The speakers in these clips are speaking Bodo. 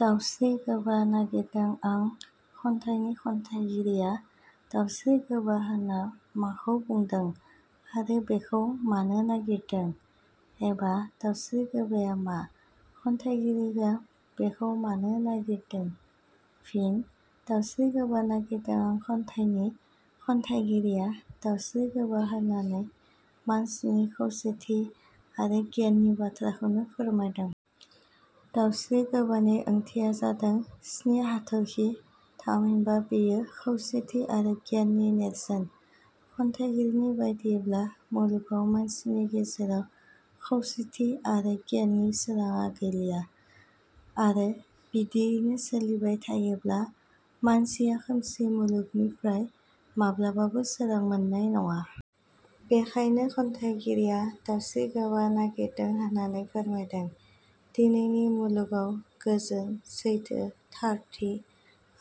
'दाउस्रि गोबा नागिरदों आं' खन्थाइनि खन्थाइगिरिया दावस्रिगोबा होनना माखौ बुंदों आरो बेखौ मानो नागिरदों? "एबा" दावस्रि गोबाया मा? खन्थाइगिरिया बेखौ मानो नागिरदों? फिन: 'दावस्रि गोबा नागिरदों आं' खन्थाइनि खन्थाइगिरिया दावस्रिगोबा होननानै मानसिनि खौसेथि आरो गियाननि बाथ्राखौनो फोरमायदों। दावस्रि गोबानि ओंथिया जादों स्नि हाथरखि, थामहिनबा बेयो खौसेथि आरो गियाननि नेरसोन। खन्थाइगिरिनि बादियैब्ला मुलुगाव मानसिनि गेजेराव खौसेथि आरो गियाननि सोराङा गैलिया। आरो बिदियैनो सोलिबाय थायोब्ला मानसिया खोमसि मुलुगनिफ्राय माब्लाबाबो सोरां मोननाय नङा। बेखायनो खन्थाइगिरिया दावस्रिगोबा नागिरदों होननानै फोरमायदों। दिनैनि मुलुगाव गोजोन, सैथो, थारथि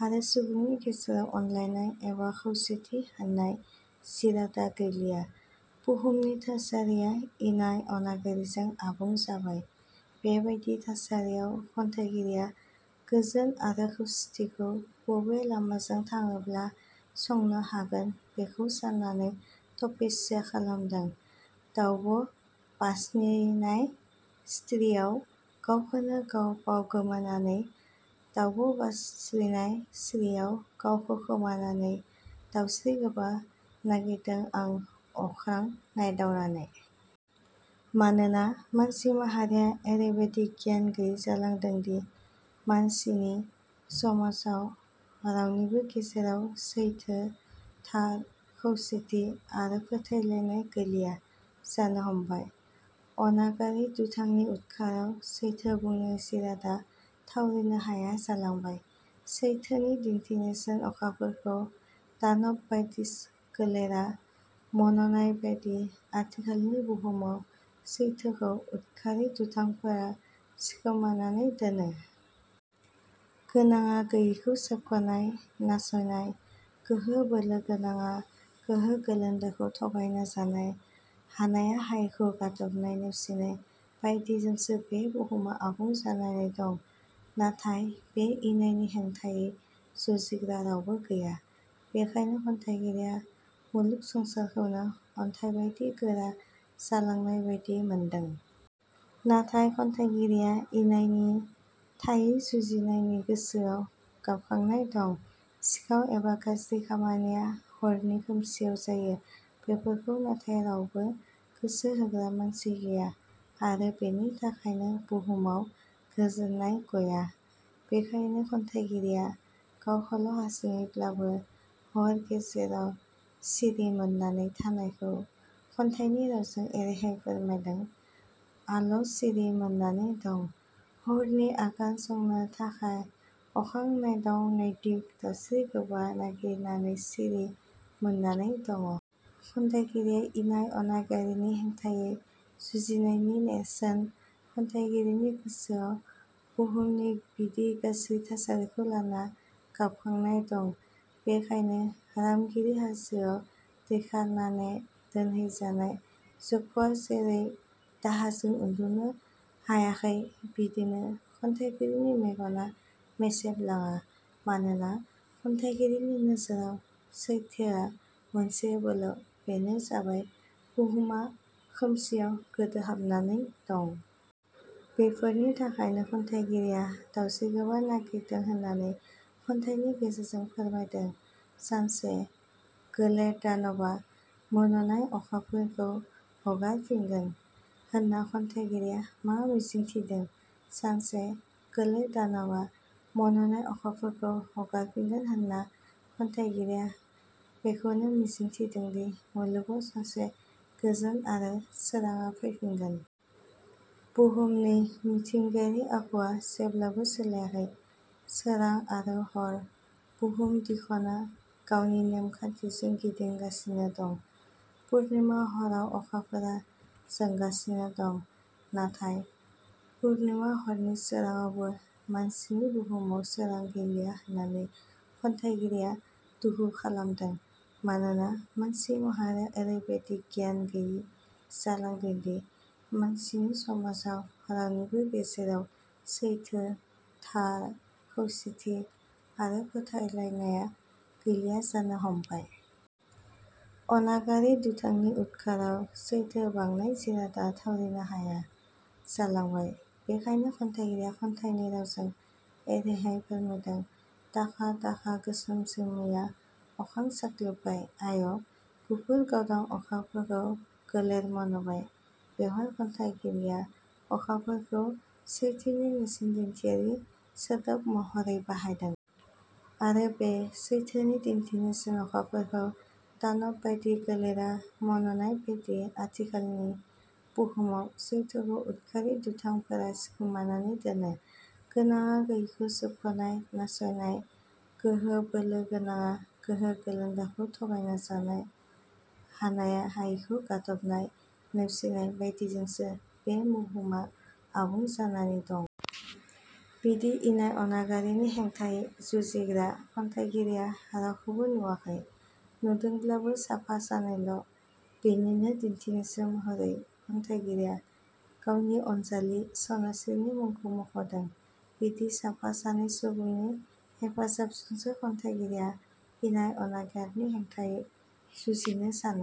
आरो सुबुंनि गेजेराव अनलायनाय एबा खौसेथि होननाय जिरादा गैलिया। बुहुमनि थासारिया इनाय अनागारिजों आबुं जाबाय। बेबादि थासारियाव खन्थाइगिरिया गोजोन आरो खौसेथिखौ बबे लामाजों थाङोब्ला संनो हागोन बेखौनो साननानै तपस्या खालामदों दाउब' बास्निनाय स्त्रियाव गावखौनो गाव बावगोमानानै- दाउब' बास्रिनाय स्रियाव गावखौ खोमानानै दावस्रिगोबा नागिरदों आं अख्रां नायग्दाउनानै। मानोना मानसि माहारिया एरैबादि गियान गैयि जालांदोंदि, मानसिनि समाजाव रावनिबो गेजेराव सैथो, थार, खौसेथि आरो फोथायलायनाय गैलिया जानो हमबाय। अनागारि दुथांनि उदखाराव सैथो बुंनाय जिरादा थावरिनो हाया जालांबाय। सैथोनि दिन्थिनेरसोन अखाफोरखौ दानब बादि गोलेरा मन 'नाय बादि आथिखालनि बुहुमाव सैथौखौ उदखारि दुथांफोरा सिखमानानै दोनो। गोनाङा गैयिखौ सोबख 'नाय, नासयनाय, गोहो-बोलो गोनाङा गोहो गोलोन्दाखौ थगायना जानाय, हानाया हायिखौ गादबनाय, नेवसिनाय बायदिजोंसो बे बुहुमा आबुं जानानै दं। नाथाय बे इनायनि हेंथायै जुजिग्रा रावबो गैया। बेखायनो खन्थाइगिरिया मुलुग संसारखौनो अन्थाइबादि गोरा जालांनायबादि मोनदों। नाथाय खन्थाइगिरिया इनायनि थायै जुजिनायनि गोसोआव गाबखांनाय दं। सिखाव एबा गाज्रि खामानिया हरनि खोमसियाव जायो, बेफोरखौ नाथाय रावबो गोसो होग्रा मानसि गैया, आरो बेनि थाखायनो बुहुमाव गोजोननाय गया। बेखायनो खन्थाइगिरिया गावल' हारसिङैब्लाबो हर गेजेराव सिरि मोननानै थानायखौ खन्थाइनि रावजों एरैहाय फोरमायदों- आल' सिरि मोननानै दं, हरनि आगान संनो थाखाय अखां नायग्दाव नाग्दिउ दावस्रिगोबा नागिरनानै सिरि मोननानै दङ। खन्थाइगिरिया इनाय अनागारिनि हेंथायै जुजिनायनि नेरसोन, खन्थाइगिरिनि गोसोआव बहुमनि बिदि गाज्रि थासारिख़ौ लानानै गाबखांनाय दं। बेखायनो रामगिरि हाजोआव दैखारनाने दोनहैजानाय जक्षआ जेरै दाहाजों उन्दुनो हायाखै बिदिनो खन्थाइगिरिनि मेगना मोसेबलाङा। मानोना खन्थाइगिरिनि नोजोराव सैथोआ मोनसेबोल', बेनो जाबाय बुहुमा खोमसियाव गोदोहाबनानै दं। बेफोरनि थाखायनो खन्थाइगिरिया दावस्रिगोबा नागिरदों होननानै खन्थाइनि गेजेरजों फोरमायदों।. 'सानसे गोलेर दानबा मन 'नाय अखाफोरखौ हगारहरफिनगोन'-होनना खन्थाइगिरिया मा मिजिंथिदों? फिन: 'सानसे गोलेर दानवा मन'नाय अखाफोरखौ हगारहरफिनगोन' होनना खन्थाइगिरिया बेखौनो मिजिंथिदोंदि मुलुगाव सानसे गोजोन आरो सोराङा फैफिनगोन। बुहुमनि मिथिंगायारि आखुवा जेब्लाबो सोलायाखै, सोरां आरो हर बुहुम दिखना गावनि नेम खान्थिजों गिदिंगासिनो दं, पुरनिमा हराव अखाफोरा जोंगासिनो दं। नाथाय पुरनिमा हरनि सोराङावबो मानसिनि बुहुमाव सोरां गैलिया होननानै खन्थाइगिरिया दुखु खालामदों। मानोना मानसि माहारिया एरैबादि गियान गैयि जालांदोंदि, मानसिनि समाजाव रावनिबो गेजेराव सैथो, थार, खौसेथि आरो फोथायलायनाय गैलिया जानो हमबाय। अनागारि दुथांनि उदखाराव सैथो बांनाय जिरादा थावरिनो हाया जालांबाय, बेखौनो खन्थाइगिरिया खन्थाइनि रावजों एरैहाय फोरमायदों- दाखा दाखा गोसोम जोमैया अखां साग्लोबबाय, आय'! गुफुर गावदां अखाफोरखौ गोलेर मन 'बाय। बेवहाय खन्थाइगिरिया अखाफोरखौ सैथोनि नेरसोनदिन्थियारि सोदोब महरै बाहायदों। आरो बे सैथोनि दिन्थिनेरसोन अखाफोरखौ दानब बादि गोलेरा मन'नाय बादि आथिखालनि बुहुमाव सैथोखौ उदखारि दुथांफोरा सिखमानानै दोनो। गोनाङा गैयिखौ सोबख 'नाय, नासयनाय, गोहो- बोलो गोनाङा गोहो गोलोन्दाखौ थगायना जानाय, हानाया हायिखौ गादबनाय, नेवसिनाय बायदिजोंसो बे बुहुमा आबुं जानानै दं। बिदि इनाय अनागारिनि हेंथायै जुजिग्रा खन्थाइगिरिया रावखौबो नुवाखै। 'नुदोंब्लाबो साफा सानैल', बेनिनो दिन्थिनेरसोन महरै खन्थाइगिरिया गावनि अनजालि 'सनास्रि' नि मुंखौ मख'दों। बिदि साफा सानै सुबुंनि हेफाजाबजोंनो खन्थाइगिरिया इनाय अनगारिनि हेंथायै जुजिनो सानो।